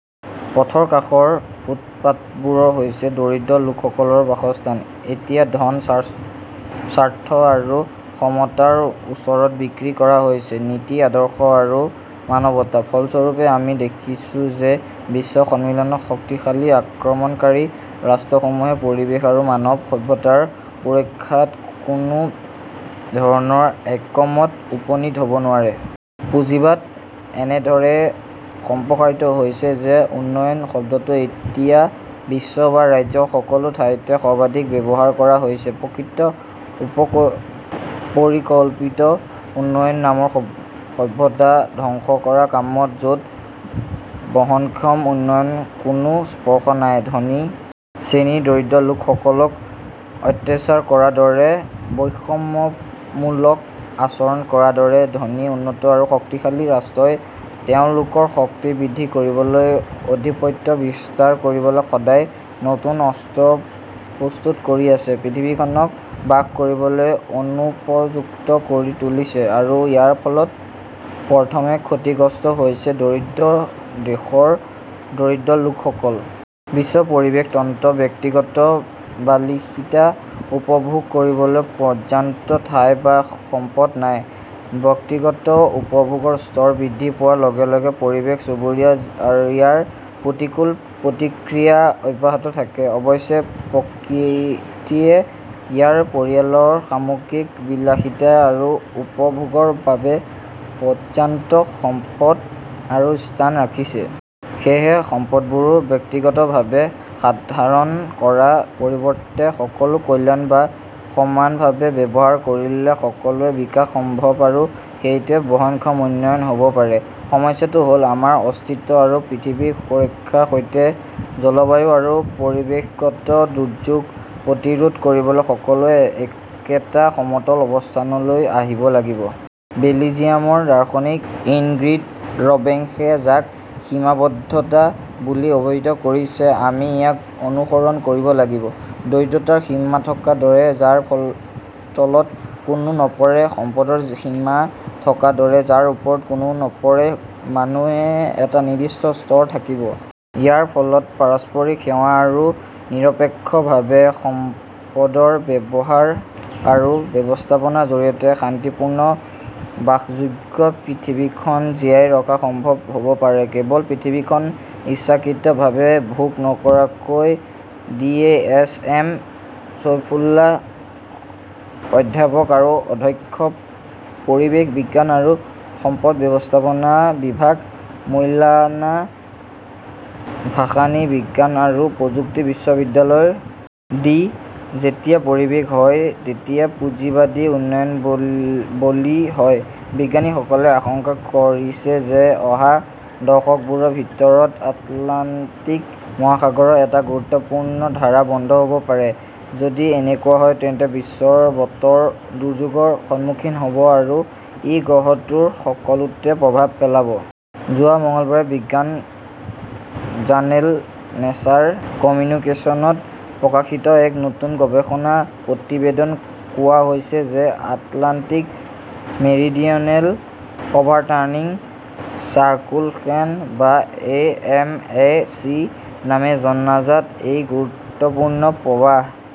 পথৰ কাষৰ ফুটপাতবোৰ হৈছে দৰিদ্ৰ লোকসকলৰ বাসস্থান। এতিয়া ধন, স্বাৰ্থ আৰু ক্ষমতাৰ ওচৰত বিক্ৰী কৰা হৈছে নীতি-আদৰ্শ আৰু মানৱতা। ফলস্বৰূপে, আমি দেখিছোঁ যে বিশ্ব সন্মিলনত শক্তিশালী আক্ৰমণকাৰী ৰাষ্ট্ৰসমূহে পৰিৱেশ আৰু মানৱ সভ্যতাৰ সুৰক্ষাত কোনো ধৰণে ঐক্যমতত উপনীত হ "ব নোৱাৰে। পুঁজিবাদ এনেদৰে সম্প্ৰসাৰিত হৈছে যে 'উন্নয়ন "শব্দটো এতিয়া বিশ্ব বা ৰাজ্যৰ সকলো ঠাইতে সৰ্বাধিক ব্যৱহাৰ কৰা হৈছে। প্ৰকৃততে অপৰিকল্পিত উন্নয়নৰ নামত সভ্যতা ধ্বংস কৰাৰ কামত য 'ত বহনক্ষম উন্নয়নৰ কোনো স্পৰ্শ নাই। ধনী শ্ৰেণীয়ে দৰিদ্ৰ লোকসকলক অত্যাচাৰ কৰাৰ দৰে; বৈষম্যমূলক আচৰণ কৰাৰ দৰে; ধনী, উন্নত আৰু শক্তিশালী ৰাষ্ট্ৰই তেওঁলোকৰ শক্তি বৃদ্ধি কৰিবলৈ, আধিপত্য বিস্তাৰ কৰিবলৈ সদায় নতুন অস্ত্ৰ প্ৰস্তুত কৰি আছে; পৃথিৱীখনক বাস কৰিবলৈ অনুপযুক্ত কৰি তুলিছে আৰু ইয়াৰ ফলত প্ৰথমে ক্ষতিগ্ৰস্ত হৈছে দৰিদ্ৰ দেশৰ দৰিদ্ৰ লোকসকল। বিশ্ব পৰিৱেশ তন্ত্ৰত ব্যক্তিগত বিলাসিতা উপভোগ কৰিবলৈ পৰ্যাপ্ত ঠাই বা সম্পদ নাই। ব্যক্তিগত উপভোগৰ স্তৰ বৃদ্ধি পোৱাৰ লগে লগে পৰিৱেশ-চুবুৰীত ইয়াৰ প্ৰতিকূল প্ৰতিক্ৰিয়া অব্যাহত থাকে। অৱশ্যে, প্ৰকৃতিয়ে ইয়াৰ পৰিয়ালত সামগ্ৰিক বিলাসিতা আৰু উপভোগৰ বাবে পৰ্যাপ্ত সম্পদ আৰু স্থান ৰাখিছে। সেয়েহে সম্পদবোৰ ব্যক্তিগতভাৱে নিৰ্ধাৰণ কৰাৰ পৰিৱৰ্তে সকলোৰে কল্যাণৰ বাবে সমানভাৱে ব্যৱহাৰ কৰিলে সকলোৰে বিকাশ সম্ভৱ আৰু সেইটোৱেই বহনক্ষম উন্নয়ন হ 'ব পাৰে। সমস্যাটো হ 'ল, আমাৰ অস্তিত্ব আৰু পৃথিৱীৰ সুৰক্ষাৰ সৈতে জলবায়ু আৰু পৰিৱেশগত দুৰ্যোগ প্ৰতিৰোধ কৰিবলৈ সকলোৱে একেটা সমতল অৱস্থালৈ আহিব লাগিব। বেলজিয়ামৰ দাৰ্শনিক ইনগ্ৰিড ৰবেন্সে যাক 'সীমাবদ্ধতা "বুলি অভিহিত কৰিছে, আমি ইয়াক অনুসৰণ কৰিব লাগিব। দৰিদ্ৰতাৰ সীমা থকাৰ দৰে, যাৰ তলত কোনো নপৰে; সম্পদৰ সীমা থকাৰ দৰে, যাৰ ওপৰত কোনো নপৰে। মানুহে এটা নিৰ্দিষ্ট স্তৰত থাকিব। ইয়াৰ ফলত পাৰস্পৰিক সেৱা আৰু নিৰপেক্ষভাৱে সম্পদৰ ব্যৱহাৰ আৰু ব্যৱস্থাপনাৰ জৰিয়তে শান্তিপূৰ্ণ বাসযোগ্য পৃথিৱীখনক জীয়াই ৰখা সম্ভৱ হ "ব পাৰে, কেৱল পৃথিৱীখনক ইচ্ছাকৃতভাৱে ভোগ নকৰাকৈ। ড এ. এছ. এম. চৈফুল্লাঃ অধ্যাপক আৰু অধ্যক্ষ, পৰিৱেশ বিজ্ঞান আৰু সম্পদ ব্যৱস্থাপনা বিভাগ, মৌলানা ভাসানী বিজ্ঞান আৰু প্ৰযুক্তি বিশ্ববিদ্যালয় <আই. ডি.। যেতিয়া পৰিৱেশ হয় তেতিয়া পুঁজিবাদী উন্নয়নৰ বলি হয় বিজ্ঞানীসকলে আশংকা কৰিছে যে অহা দশকবোৰৰ ভিতৰত আটলাণ্টিক মহাসাগৰৰ এটা গুৰুত্বপূৰ্ণ ধাৰা বন্ধ হ 'ব পাৰে। যদি এনেকুৱা হয়, তেন্তে বিশ্ব বতৰ দুৰ্যোগৰ সন্মুখীন হ 'ব আৰু ই গ্ৰহটোৰ সকলোতে প্ৰভাৱ পেলাব। যোৱা মঙলবাৰে বিজ্ঞান জাৰ্নেল নেচাৰ কমিউনিকেশ্বনত প্ৰকাশিত এক নতুন গৱেষণা প্ৰতিবেদনত কোৱা হৈছে যে আটলাণ্টিক মেৰিডিয়নেল অভাৰটাৰ্ণিং চাৰ্কুলেশন বা এ. এম. অ ". চি. নামেৰে জনাজাত এই গুৰুত্বপূৰ্ণ প্ৰৱাহ